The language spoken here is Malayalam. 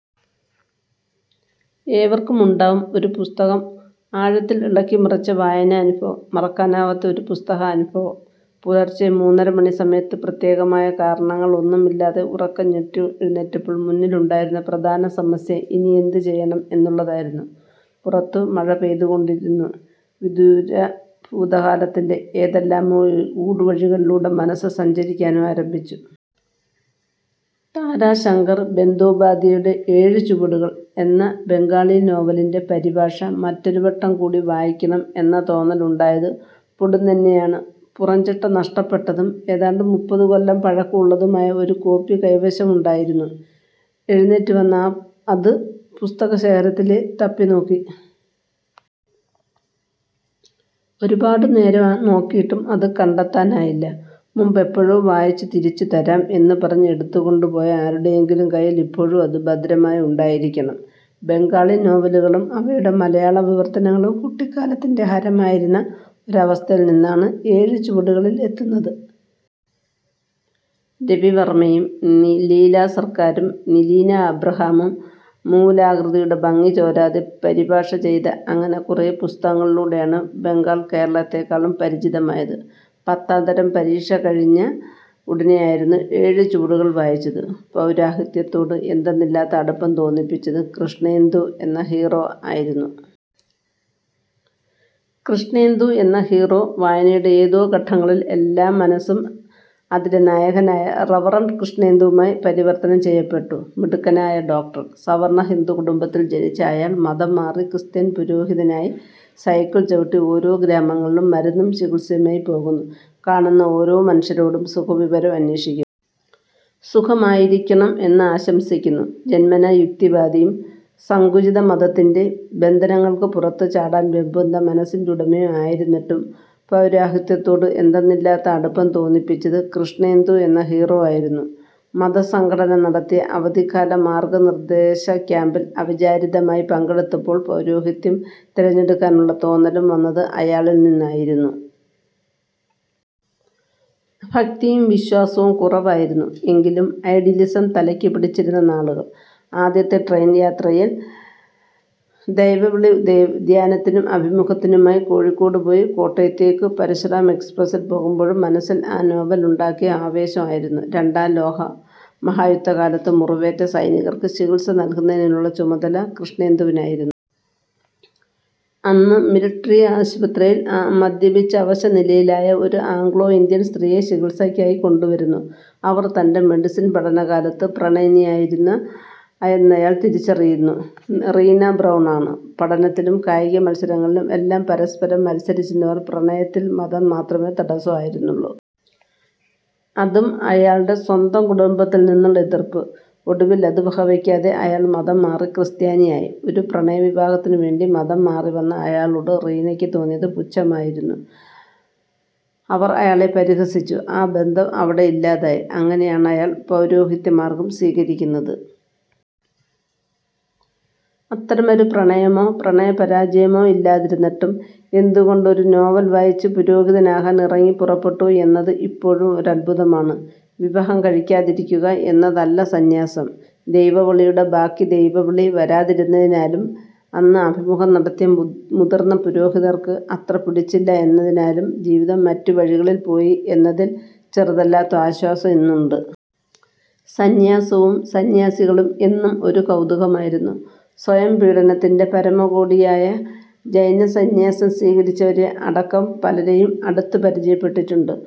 ഏവർക്കുമുണ്ടാവും ഒരു പുസ്തകം. ആഴത്തില്‍ ഇളക്കി മറിച്ച വായനാനുഭവം. മറക്കാനാവാത്ത ഒരു പുസ്തകാനുഭവം. പുലര്‍ച്ചെ മൂന്നര മണി സമയത്ത് പ്രത്യേകമായ കാരണങ്ങള്‍ ഒന്നും ഇല്ലാതെ ഉറക്കം ഞെട്ടി എഴുന്നേറ്റപ്പോള്‍ മുന്നില്‍ ഉണ്ടായിരുന്ന പ്രധാന സമസ്യ ഇനിയെന്ത് ചെയ്യണം എന്നുള്ളതായിരുന്നു. പുറത്ത് മഴ പെയ്തുകൊണ്ടിരുന്നു. വിദൂര ഭൂതകാലത്തിന്‍റെ ഏതെല്ലാമോ ഊ ഊടുവഴികളിലൂടെ മനസ്സ് സഞ്ചരിക്കാനും ആരംഭിച്ചു. താരാശങ്കർ ബന്ധോപാധ്യായുടെ ' ഏഴു ചുവടുകള്‍ ' എന്ന ബംഗാളി നോവലിന്‍റെ പരിഭാഷ മറ്റൊരു വട്ടം കൂടി വായിക്കണം എന്ന തോന്നല്‍ ഉണ്ടായത് പൊടുന്നന്നെയാണ്. പുറം ചട്ട നഷ്ടപ്പെട്ടതും ഏതാണ്ട് മുപ്പത് കൊല്ലം പഴക്കം ഉള്ളതുമായ ഒരു കോപ്പി കൈവശം ഉണ്ടായിരുന്നു. എഴുന്നേറ്റ് വന്ന് അത് പുസ്തക ശേഖരത്തില് തപ്പി നോക്കി. ഒരുപാട് നേരം നോക്കിയിട്ടും അത് കണ്ടെത്താനായില്ല. മുമ്പ് എപ്പോഴോ വായിച്ചു തിരിച്ചു തരാം എന്ന് പറഞ്ഞു എടുത്തുകൊണ്ടു പോയ ആരുടെയെങ്കിലും കയ്യില്‍ ഇപ്പോഴും അത് ഭദ്രമായി ഉണ്ടായിരിക്കണം. ബംഗാളി നോവലുകളും അവയുടെ മലയാള വിവര്‍ത്തനങ്ങളും കുട്ടിക്കാലത്തിന്‍റെ ഹരമായിരുന്ന ഒരവസ്ഥയിൽ നിന്നാണ് ' ഏഴു ചുവടുകളില്‍' എത്തുന്നത്. രവിവര്‍മ്മയും നീ ലീലാ സര്‍ക്കാരും നിലീന അബ്രഹാമും മൂല കൃതിയുടെ ഭംഗി ചോരാതെ പരിഭാഷ ചെയ്ത അങ്ങിനെ കുറെ പുസ്തകങ്ങളിലൂടെയാണ് ബംഗാള്‍ കേരളത്തെക്കാളും പരിചിതമായത്. പത്താം തരം പരീക്ഷ കഴിഞ്ഞ ഉടനെയായിരുന്നു ഏഴു ചുവടുകള്‍ വായിച്ചത്. പൗരോഹിത്യത്തോട് എന്തെന്നില്ലാത്ത അടുപ്പം തോന്നിപ്പിച്ചത് കൃഷ്ണേന്ദു എന്ന ഹീറോ ആയിരുന്നു. കൃഷ്ണേന്ദു എന്ന ഹീറോ വായനയുടെ ഏതോ ഘട്ടങ്ങളില്‍ എല്ലാം മനസ്സ് അതിലെ നായകനായ റവറണ്ട് കൃഷ്ണേന്ദുവായി പരിവര്‍ത്തനം ചെയ്യപ്പെട്ടു. മിടുക്കനായ ഡോക്ടര്‍. സവർണ ഹിന്ദു കുടുംബത്തില്‍ ജനിച്ച അയാള്‍ മതം മാറി ക്രിസ്ത്യന് പുരോഹിതനായി സൈക്കിള്‍ ചവിട്ടി ഓരോ ഗ്രാമങ്ങളിലും മരുന്നും ചികിത്സയുമായി പോകുന്നു. കാണുന്ന ഓരോ മനുഷ്യരോടും സുഖവിവരം അന്വേഷിക്കുന്നു. സുഖമായിരിക്കണം എന്ന് ആശംസിക്കുന്നു. ജന്മനാ യുക്തിവാദിയും സങ്കുചിത മതത്തിന്‍റെ ബന്ധനങ്ങള്‍ക്ക് പുറത്ത് ചാടാന്‍ വെമ്പുന്ന മനസ്സിന്‍റെ ഉടമയും ആയിരുന്നിട്ടും പൗരോഹിത്യത്തോട് എന്തെന്നില്ലാത്ത അടുപ്പം തോന്നിപ്പിച്ചത് കൃഷ്ണേന്ദു എന്ന ഹീറോ ആയിരുന്നു. മതസംഘടന നടത്തിയ അവധിക്കാല മാര്‍ഗ നിര്‍ദേശ ക്യാമ്പില്‍ അവിചാരിതമായി പങ്കെടുത്തപ്പോള്‍ പൗരോഹിത്യം തെരഞ്ഞെടുക്കാന്‍ ഉള്ള തോന്നലും വന്നത് അയാളില്‍ നിന്നായിരുന്നു. ഭക്തിയും വിശ്വാസവും കുറവായിരുന്നു എങ്കിലും ഐഡിയലിസം തലയ്ക്കു പിടിച്ചിരുന്ന നാളുകള്‍. ആദ്യത്തെ ട്രെയിൻ യാത്രയില്‍ ദൈവവിളി ദേ ധ്യാനത്തിനും അഭിമുഖത്തിനുമായി കോഴിക്കോട് പോയി കോട്ടയത്തേക്ക് പരശുറാം എക്സ്പ്രസ്സില്‍ പോകുമ്പോഴും മനസ്സില്‍ ആ നോവല്‍ ഉണ്ടാക്കിയ ആവേശം ആയിരുന്നു. രണ്ടാം ലോക മഹായുദ്ധ കാലത്ത് മുറിവേറ്റ സൈനികർക്ക് ചികിത്സ നല്കുന്നത്തിനുള്ള ചുമതല കൃഷ്ണേന്ദുവിനായിരുന്നു. അന്ന് മിലിട്ടറി ആശുപത്രിയില്‍ മദ്യപിച്ച് അവശ നിലയിലായ ഒരു ആഗ്ലോ ഇന്ത്യൻ സ്ത്രീയെ ചികിത്സയ്ക്കായി കൊണ്ട് വരുന്നു. അവര്‍ തന്‍റെ മെഡിസിൻ പഠന കാലത്തെ പ്രണയിനി ആയിരുന്ന ആയിരുന്ന അയാള്‍ തിരിച്ചറിയുന്നു: റീനാ ബ്രൌണ്. പഠനത്തിലും കായിക മത്സരങ്ങളിലും എല്ലാം പരസ്പരം മത്സരിച്ചിരുന്നവർ. പ്രണയത്തില്‍ മതം മാത്രമേ തടസം ആയിരുന്നുള്ളു. അതും അയാൾടെ സ്വന്തം കുടുംബത്തില്‍ നിന്നുള്ള എതിര്‍പ്പ്. ഒടുവില്‍ അത് വകവയ്ക്കാതെ അയാള്‍ മതം മാറി ക്രിസ്ത്യാനിയായി. ഒരു പ്രണയ വിവാഹത്തിന് വേണ്ടി മതം മാറി വന്ന അയാളോട് റീനയ്ക്ക് തോന്നിയത് പുച്ഛമായിരുന്നു. അവര്‍ അയാളെ പരിഹസിച്ചു. ആ ബന്ധം അവിടെ ഇല്ലാതായി. അങ്ങനെ ആണ് അയാള്‍ പൗരോഹിത്യ മാര്‍ഗം സ്വീകരിക്കുന്നത്. അത്തരമൊരു പ്രണയമോ പ്രണയ പരാജയമോ ഇല്ലാതിരുന്നിട്ടും എന്ത് കൊണ്ട് ഒരു നോവല്‍ വായിച്ച് പുരോഹിതൻ ആകാന്‍ ഇറങ്ങി പുറപ്പെട്ടു എന്നത് ഇപ്പോഴും ഒരത്ഭുതമാണ്. വിവാഹം കഴിക്കാതിരിക്കുക എന്നത് അല്ല സന്യാസം. ദൈവവിളിയുടെ ബാക്കി ദൈവവിളി വരാതിരുന്നതിനാലും അന്ന് അഭിമുഖം നടത്തിയ മു മുതിര്‍ന്ന പുരോഹിതര്‍ക്ക് അത്ര പിടിച്ചില്ല എന്നതിനാലും ജീവിതം മറ്റു വഴികളില്‍ പോയി എന്നതില്‍ ചെറുതല്ലാത്ത ആശ്വാസം ഇന്നുണ്ട്. സന്യാസവും സന്യാസികളും എന്നും ഒരു കൗതുകമായിരുന്നു. സ്വയം പീഡനത്തിന്‍റെ പരമ കോടിയായ ജൈന സന്യാസം സ്വീകരിച്ചവരെ അടക്കം പലരെയും അടുത്ത് പരിചയപ്പെട്ടിട്ടുണ്ട്.